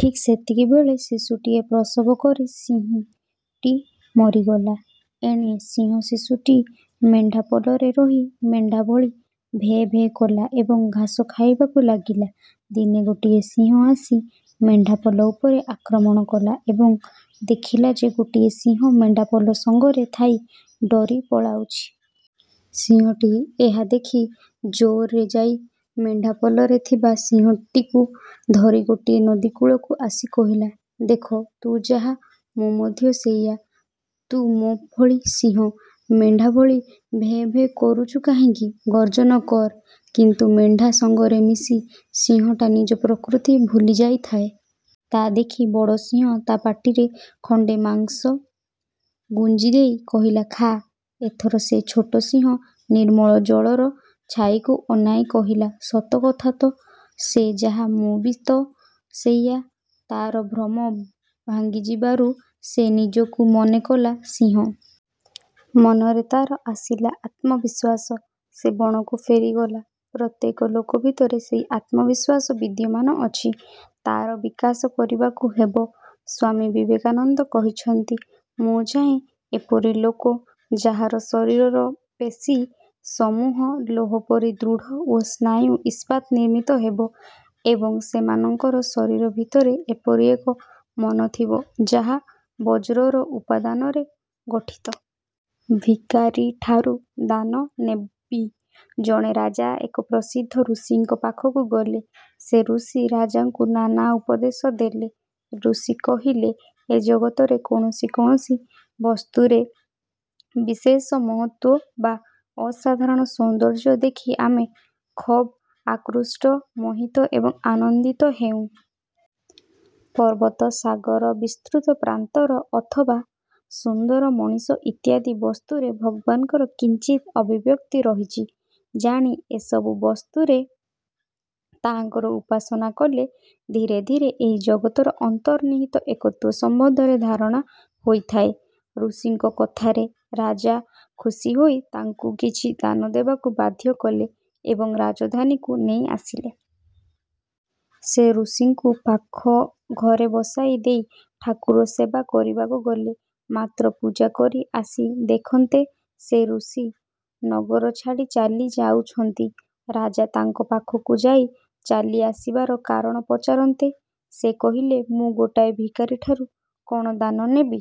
ଠିକ୍ ସେତିକିବେଳେ ଶିଶୁଟିଏ ପ୍ରସବ କରି ସିଂହୀଟି ମରିଗଲା। ଏଣେ ସିଂହଶିଶୁଟି ମେଣ୍ଢାପଲରେ ରହି ମେଣ୍ଢା ଭଳି ଭେ ଭେ କଲା ଏବଂ ଘାସ ଖାଇବାକୁ ଲାଗିଲା। ଦିନେ ଗୋଟିଏ ସିଂହ ଆସି ମେଣ୍ଢାପଲ ଉପରେ ଆକ୍ରମଣ କଲା ଏବଂ ଦେଖିଲା ଯେ ଗୋଟିଏ ସିଂହ ମେଣ୍ଢାପଲ ସଙ୍ଗରେ ଥାଇ ଡରି ପଳାଉଛି। ସିଂହଟି ଏହା ଦେଖି ଜୋରରେ ଯାଇ ମେଣ୍ଢାପଲରେ ଥିବା ସିଂହଟିକୁ ଧରି ଗୋଟିଏ ନଦୀକୂଳକୁ ଆସି କହିଲା- ''ଦେଖ, ତୁ ଯାହା, ମୁଁ ମଧ୍ୟ ସେଇଆ। ତୁ ମୋ ଭଳି ସିଂହ, ମେଣ୍ଢାଭଳି ଭେ ଭେ କରୁଛୁ କାହିଁକି? ଗର୍ଜନ କର। '' କିନ୍ତୁ ମେଣ୍ଢା ସାଙ୍ଗରେ ମିଶି ସିଂହଟା ନିଜ ପ୍ରକୃତି ଭୁଲି ଯାଇଥାଏ। ତା ଦେଖି ବଡ଼ ସିଂହ ତା' ପାଟିରେ ଖଣ୍ଡେ ମାଂସ ଗୁଞ୍ଜିଦେଇ କହିଲା, ''ଖା''। ଏଥର ସେ ଛୋଟ ସିଂହ ନିର୍ମଳ ଜଳର ଛାଇକୁ ଅନାଇ କହିଲା-''ସତକଥା ତ! ସେ ଯାହା, ମୁଁ ବି ତ ସେଇଆ। '' ତାର ଭ୍ରମ ଭାଙ୍ଗିଯିବରୁ ସେ ନିଜକୁ ମନେ କଲା ସିଂହ। ମନରେ ତାର ଆସିଲା ଆତ୍ମବିଶ୍ୱାସ। ସେ ବଣକୁ ଫେରିଗଲା। ପ୍ରତ୍ୟେକ ଲୋକ ଭିତରେ ସେଇ ଆତ୍ମବିଶ୍ୱାସ ବିଦ୍ୟମାନ ଅଛି। ତା'ର ବିକାଶ କରିବାକୁ ହେବ। ସ୍ୱାମୀ ବିବେକାନନ୍ଦ କହିଛନ୍ତି-ମୁଁ ଚାହେଁ ଏପରି ଲୋକ ଯାହାର ଶରୀରର ପେଶୀ-ସମୂହ ଲୌହପରି ଦୃଢ଼ ଓ ସ୍ନାୟୁ ଇସ୍ପାତ ନିର୍ମିତ ହେବ ଏବଂ ସେମାନଙ୍କର ଶରୀର ଭିତରେ ଏପରି ଏକ ମନ ଥିବ ଯାହା ବଜ୍ରର ଉପାଦାନରେ ଗଠିତ। 'ଭିକାରିଠାରୁ ଦାନ ନେବି! ' ଜଣେ ରାଜା ଏକ ପ୍ରସିଦ୍ଧ ଋଷିଙ୍କ ପାଖକୁ ଗଲେ। ସେ ଋଷି ରାଜାଙ୍କୁ ନାନା ଉପଦେଶ ଦେଲେ। ଋଷି କହିଲେ-ଏ ଜଗତରେ କୌଣସି କୌଣସି ବସ୍ତୁରେ। ବିଶେଷ ମହତ୍ତ୍ୱ ବା ଅସାଧାରଣ ସୌନ୍ଦର୍ଯ୍ୟ ଦେଖି ଆମେ ଖବ୍ ଆକୃଷ୍ଟ, ମୋହିତ ଏବଂ ଆନନ୍ଦିତ ହେଉଁ। ପର୍ବତ, ସାଗର, ବିସ୍ତୃତ ପ୍ରାନ୍ତର ଅଥବା ସୁନ୍ଦର ମଣିଷ ଇତ୍ୟାଦି ବସ୍ତୁରେ ଭଗବାନଙ୍କର କିଞ୍ଚିତ ଅଭିବ୍ୟକ୍ତି ରହିଛି ଜାଣି, ଏସବୁ ବସ୍ତୁରେ ତାହାଙ୍କର ଉପାସନା କଲେ ଧୀରେ ଧୀରେ ଏହି ଜଗତର ଅନ୍ତନିର୍ହିତ ଏକତ୍ୱ ସମ୍ବନ୍ଧରେ ଧାରଣା ହୋଇଥାଏ। ଋଷିଙ୍କ କଥାରେ ରାଜା ଖୁସି ହୋଇ ତାଙ୍କୁ କିଛି ଦାନ ନେବାକୁ ବାଧ୍ୟ କଲେ ଏବଂ ରାଜଧାନୀକୁ ନେଇ ଆସିଲେ। ସେ ଋଷିଙ୍କୁ ପାଖ ଘରେ ବସାଇ ଦେଇ ଠାକୁରସେବା କରିବାକୁ ଗଲେ। ମାତ୍ର ପୂଜା କରି ଆସି ଦେଖନ୍ତି ସେ ଋଷି ନଗର ଛାଡ଼ି ଚାଲି ଯାଉଛନ୍ତି। ରାଜା ତାଙ୍କ ପାଖକୁ ଯାଇ ଚାଲିଆସିବାର କାରଣ ପଚାରନ୍ତେ ସେ କହିଲେ-''ମୁଁ ଗୋଟିଏ ଭିକାରୀଠାରୁ କ'ଣ ଦାନ ନେବି?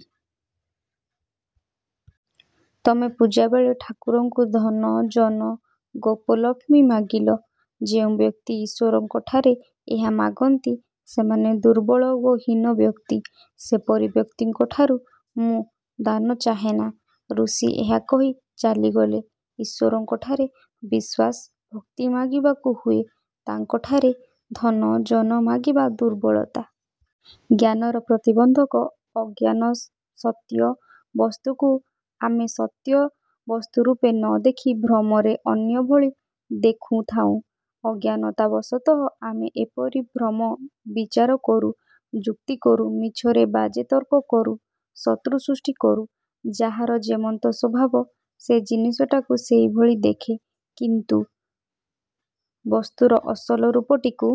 ତମେ ପୂଜାବେଳେ ଠାକୁରଙ୍କୁ ଧନ, ଜନ, ଗୋପଲକ୍ଷ୍ମୀ ମାଗିଲ। ଯେଉଁ ବ୍ୟକ୍ତି ଈଶ୍ୱରଙ୍କଠାରେ ଏହା ମାଗନ୍ତି ସେମାନେ ଦୁର୍ବଳ ଓ ହୀନ ବ୍ୟକ୍ତି। ସେପରି ବ୍ୟକ୍ତିଙ୍କଠାରୁ ମୁଁ ଦାନ ଚାହେଁନା। '' ଋଷି ଏହା କହି ଚାଲିଗଲେ। ଈଶ୍ୱରଙ୍କଠାରେ ବିଶ୍ୱାସ, ଭକ୍ତି ମାଗିବାକୁ ହୁଏ। ତାଙ୍କଠାରେ ଧନ, ଜନ ମାଗିବା ଦୁର୍ବଳତା। ଜ୍ଞାନର ପ୍ରତିବନ୍ଧକ ଅଜ୍ଞାନ ସତ୍ୟ ବସ୍ତୁକୁ ଆମେ ସତ୍ୟ ବସ୍ତୁରୂପେ ନ ଦେଖି ଭ୍ରମରେ ଅନ୍ୟ ଭଳି ଦେଖୁଥାଇଁ। ଅଜ୍ଞାନତାବଶତଃ ଆମେ ଏପରି ଭ୍ରମ ବିଚାର କରୁ। ଯୁକ୍ତି କରୁ, ମିଛରେ ବାଜେ ତର୍କ କରୁ। ଶତ୍ରୁ ସୃଷ୍ଟି କରୁ। 'ଯାହାର ଯେମନ୍ତ ସ୍ୱଭାବ', ସେ ଜିନିଷଟାକୁ ସେହିଭଳି ଦେଖେ; କିନ୍ତୁ ବସ୍ତୁର ଅସଲ ରୂପଟିକୁ